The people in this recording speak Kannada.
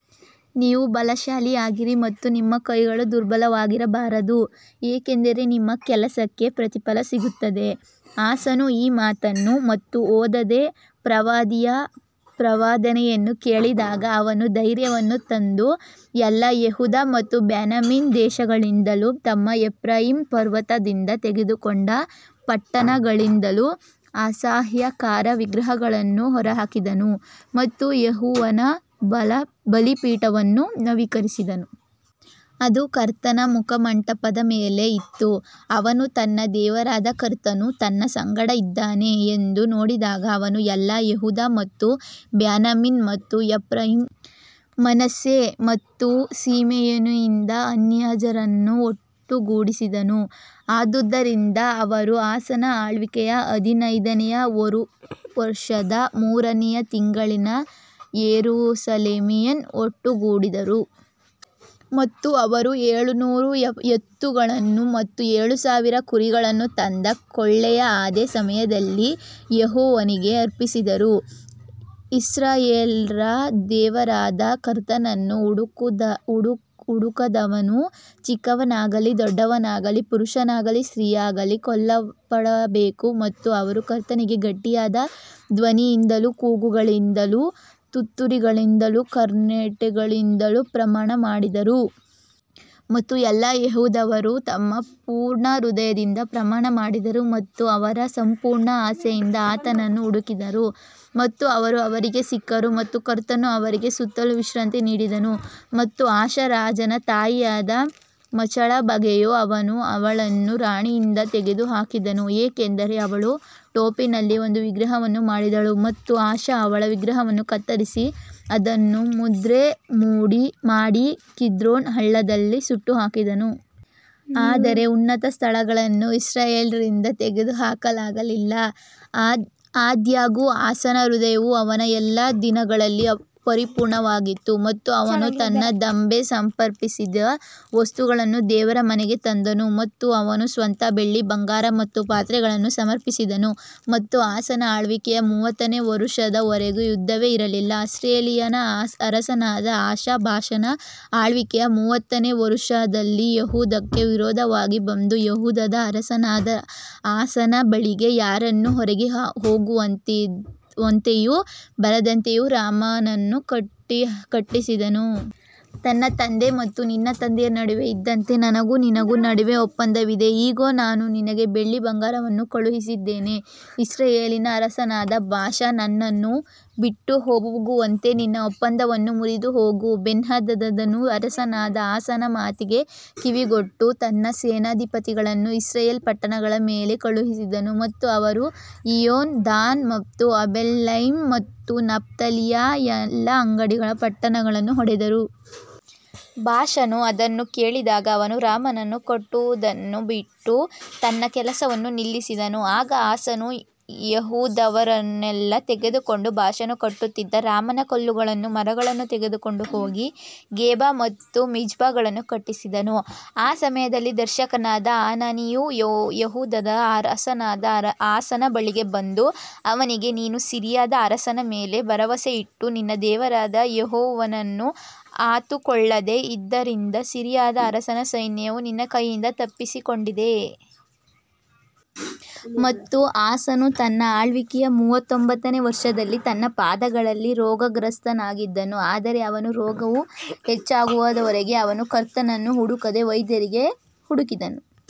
ನೀವು ಬಲಶಾಲಿಯಾಗಿರಿ ಮತ್ತು ನಿಮ್ಮ ಕೈಗಳು ದುರ್ಬಲವಾಗಿರಬಾರದು ಏಕೆಂದರೆ ನಿಮ್ಮ ಕೆಲಸಕ್ಕೆ ಪ್ರತಿಫಲ ಸಿಗುತ್ತದೆ ಆಸನು ಈ ಮಾತುಗಳನ್ನು ಮತ್ತು ಓದೆದ ಪ್ರವಾದಿಯ ಪ್ರವಾದನೆಯನ್ನು ಕೇಳಿದಾಗ ಅವನು ಧೈರ್ಯವನ್ನು ತಂದು ಎಲ್ಲಾ ಯೆಹೂದ ಮತ್ತು ಬೆನ್ಯಾಮೀನ್ ದೇಶಗಳಿಂದಲೂ ಮತ್ತು ಎಫ್ರಾಯೀಮ್ ಪರ್ವತದಿಂದ ತೆಗೆದುಕೊಂಡ ಪಟ್ಟಣಗಳಿಂದಲೂ ಅಸಹ್ಯಕರ ವಿಗ್ರಹಗಳನ್ನು ಹೊರಹಾಕಿದನು ಮತ್ತು ಯೆಹೋವನ ಬಲಿಪೀಠವನ್ನು ನವೀಕರಿಸಿದನು. ಅದು ಕರ್ತನ ಮುಖಮಂಟಪದ ಮುಂದೆ ಇತ್ತು ಅವನು ತನ್ನ ದೇವರಾದ ಕರ್ತನು ತನ್ನ ಸಂಗಡ ಇದ್ದಾನೆ ಎಂದು ನೋಡಿದಾಗ ಅವನು ಎಲ್ಲಾ ಯೆಹೂದ ಮತ್ತು ಬೆನ್ಯಾಮೀನ್ ಮತ್ತು ಎಫ್ರಾಯೀಮ್, ಮನಸ್ಸೆ ಮತ್ತು ಸಿಮೆಯೋನಿನಿಂದ ಅನ್ಯಜನರನ್ನು ಒಟ್ಟುಗೂಡಿಸಿದನು. ಆದುದರಿಂದ ಅವರು ಆಸನ ಆಳ್ವಿಕೆಯ ಹದಿನೈದನೆಯ ವರುಷದ ಮೂರನೆಯ ತಿಂಗಳಿನಲ್ಲಿ ಯೆರೂಸಲೇಮಿನಲ್ಲಿ ಒಟ್ಟುಗೂಡಿದರು. ಮತ್ತು ಅವರು ಏಳುನೂರು ಎತ್ತುಗಳನ್ನು ಮತ್ತು ಏಳು ಸಾವಿರ ಕುರಿಗಳನ್ನು ತಂದ ಕೊಳ್ಳೆಯ ಅದೇ ಸಮಯದಲ್ಲಿ ಯೆಹೋವನಿಗೆ ಅರ್ಪಿಸಿದರು. ಇಸ್ರಾಯೇಲ್ಯರ ದೇವರಾದ ಕರ್ತನನ್ನು ಹುಡುಕದವನು ಚಿಕ್ಕವನಾಗಲಿ ದೊಡ್ಡವನಾಗಲಿ ಪುರುಷನಾಗಲಿ ಸ್ತ್ರೀಯಾಗಲಿ ಕೊಲ್ಲಲ್ಪಡಬೇಕು ಮತ್ತು ಅವರು ಕರ್ತನಿಗೆ ಗಟ್ಟಿಯಾದ ಧ್ವನಿಯಿಂದಲೂ ಕೂಗುಗಳಿಂದಲೂ ತುತ್ತೂರಿಗಳಿಂದಲೂ ಕಾರ್ನೆಟ್ಗಳಿಂದಲೂ ಪ್ರಮಾಣ ಮಾಡಿದರು. ಮತ್ತು ಎಲ್ಲಾ ಯೆಹೂದದವರು ತಮ್ಮ ಪೂರ್ಣ ಹೃದಯದಿಂದ ಪ್ರಮಾಣ ಮಾಡಿದರು ಮತ್ತು ಅವರ ಸಂಪೂರ್ಣ ಆಸೆಯಿಂದ ಆತನನ್ನು ಹುಡುಕಿದರು ಮತ್ತು ಅವರು ಅವರಿಗೆ ಸಿಕ್ಕರು ಮತ್ತು ಕರ್ತನು ಅವರಿಗೆ ಸುತ್ತಲೂ ವಿಶ್ರಾಂತಿ ನೀಡಿದನು. ಮತ್ತು ಆಸಾ ರಾಜನ ತಾಯಿಯಾದ ಮಾಚಳ ಬಗ್ಗೆಯೂ ಅವನು ಅವಳನ್ನು ರಾಣಿಯಿಂದ ತೆಗೆದುಹಾಕಿದನು, ಏಕೆಂದರೆ ಅವಳು ತೋಪಿನಲ್ಲಿ ಒಂದು ವಿಗ್ರಹವನ್ನು ಮಾಡಿದಳು ಮತ್ತು ಆಸಾ ಅವಳ ವಿಗ್ರಹವನ್ನು ಕತ್ತರಿಸಿ ಅದನ್ನು ಮುದ್ರೆ ಮಾಡಿ ಕಿದ್ರೋನ್ ಹಳ್ಳದಲ್ಲಿ ಸುಟ್ಟುಹಾಕಿದನು. ಆದರೆ ಉನ್ನತ ಸ್ಥಳಗಳನ್ನು ಇಸ್ರಾಯೇಲ್ಯರಿಂದ ತೆಗೆದುಹಾಕಲಾಗಲಿಲ್ಲ, ಆದಾಗ್ಯೂ ಆಸನ ಹೃದಯವು ಅವನ ಎಲ್ಲಾ ದಿನಗಳಲ್ಲಿ ಪರಿಪೂರ್ಣವಾಗಿತ್ತು ಮತ್ತು ಅವನು ತನ್ನ ತಂದೆ ಸಮರ್ಪಿಸಿದ ವಸ್ತುಗಳನ್ನು ದೇವರ ಮನೆಗೆ ತಂದನು ಮತ್ತು ಅವನು ಸ್ವತಃ ಬೆಳ್ಳಿ, ಬಂಗಾರ ಮತ್ತು ಪಾತ್ರೆಗಳನ್ನು ಸಮರ್ಪಿಸಿದನು. ಮತ್ತು ಆಸನ ಆಳ್ವಿಕೆಯ ಮೂವತ್ತನೇ ವರುಷದ ವರೆಗೆ ಯುದ್ಧವೇ ಇರಲಿಲ್ಲ ಇಸ್ರಾಯೇಲಿನ ಅರಸನಾದ ಆಸಾ ಬಾಷನ ಆಳ್ವಿಕೆಯ ಮೂವತ್ತನೇ ವರುಷದಲ್ಲಿ ಯೆಹೂದಕ್ಕೆ ವಿರೋಧವಾಗಿ ಬಂದು ಯೆಹೂದದ ಅರಸನಾದ ಆಸನ ಬಳಿಗೆ ಯಾರನ್ನೂ ಹೊರಗೆ ಹೋಗದಂತೆಯೂ ಬರದಂತೆಯೂ ರಾಮವನ್ನು ಕಟ್ಟಿಸಿದನು. ನನ್ನ ತಂದೆ ಮತ್ತು ನಿನ್ನ ತಂದೆಯ ನಡುವೆ ಇದ್ದಂತೆ ನನಗೂ ನಿನಗೂ ನಡುವೆ ಒಪ್ಪಂದವಿದೆ ಇಗೋ ನಾನು ನಿನಗೆ ಬೆಳ್ಳಿ ಬಂಗಾರವನ್ನು ಕಳುಹಿಸಿದ್ದೇನೆ ಇಸ್ರಾಯೇಲಿನ ಅರಸನಾದ ಬಾಷಾ ನನ್ನನ್ನು ಬಿಟ್ಟು ಹೋಗುವಂತೆ ನಿನ್ನ ಒಪ್ಪಂದವನ್ನು ಮುರಿದು ಹೋಗು. ಬೆನ್ಹದದನು ಅರಸನಾದ ಆಸನ ಮಾತಿಗೆ ಕಿವಿಗೊಟ್ಟು ತನ್ನ ಸೇನಾಧಿಪತಿಗಳನ್ನು ಇಸ್ರಾಯೇಲ್ ಪಟ್ಟಣಗಳ ಮೇಲೆ ಕಳುಹಿಸಿದನು ಮತ್ತು ಅವರು ಈಯೋನ್, ದಾನ್ ಮತ್ತು ಅಬೆಲ್ಮೈಮ್ ಮತ್ತು ನಫ್ತಾಲಿಯ ಎಲ್ಲಾ ಅಂಗಡಿ ಪಟ್ಟಣಗಳನ್ನು ಹೊಡೆದರು. ಬಾಷನು ಅದನ್ನು ಕೇಳಿದಾಗ ಅವನು ರಾಮವನ್ನು ಕಟ್ಟುವುದನ್ನು ಬಿಟ್ಟು ತನ್ನ ಕೆಲಸವನ್ನು ನಿಲ್ಲಿಸಿದನು ಆಗ ಆಸನು ಯೆಹೂದದವರನ್ನೆಲ್ಲಾ ತೆಗೆದುಕೊಂಡು ಬಾಷನು ಕಟ್ಟುತ್ತಿದ್ದ ರಾಮನ ಕಲ್ಲುಗಳನ್ನೂ ಮರಗಳನ್ನೂ ತೆಗೆದುಕೊಂಡು ಹೋಗಿ ಗೇಬ ಮತ್ತು ಮಿಜ್ಪಗಳನ್ನು ಕಟ್ಟಿಸಿದನು. ಆ ಸಮಯದಲ್ಲಿ ದರ್ಶಕನಾದ ಹನಾನಿಯು ಯೆಹೂದದ ಅರಸನಾದ ಆಸನ ಬಳಿಗೆ ಬಂದು ಅವನಿಗೆ ನೀನು ಸಿರಿಯದ ಅರಸನ ಮೇಲೆ ಭರವಸೆಯಿಟ್ಟು ನಿನ್ನ ದೇವರಾದ ಯೆಹೋವನನ್ನು ಆತುಕೊಳ್ಳದೆ ಇದ್ದದರಿಂದ ಸಿರಿಯಾದ ಅರಸನ ಸೈನ್ಯವು ನಿನ್ನ ಕೈಯಿಂದ ತಪ್ಪಿಸಿಕೊಂಡಿದೆ. ಮತ್ತು ಆಸನು ತನ್ನ ಆಳ್ವಿಕೆಯ ಮೂವತ್ತೊಂಬತ್ತನೇ ವರ್ಷದಲ್ಲಿ ತನ್ನ ಪಾದಗಳಲ್ಲಿ ರೋಗಗ್ರಸ್ತನಾಗಿದ್ದನು, ಆದರೆ ಅವನ ರೋಗವು ಹೆಚ್ಚಾಗುವವರೆಗೂ ಅವನು ಕರ್ತನನ್ನು ಹುಡುಕದೆ ವೈದ್ಯರಿಗೆ ಹುಡುಕಿದನು.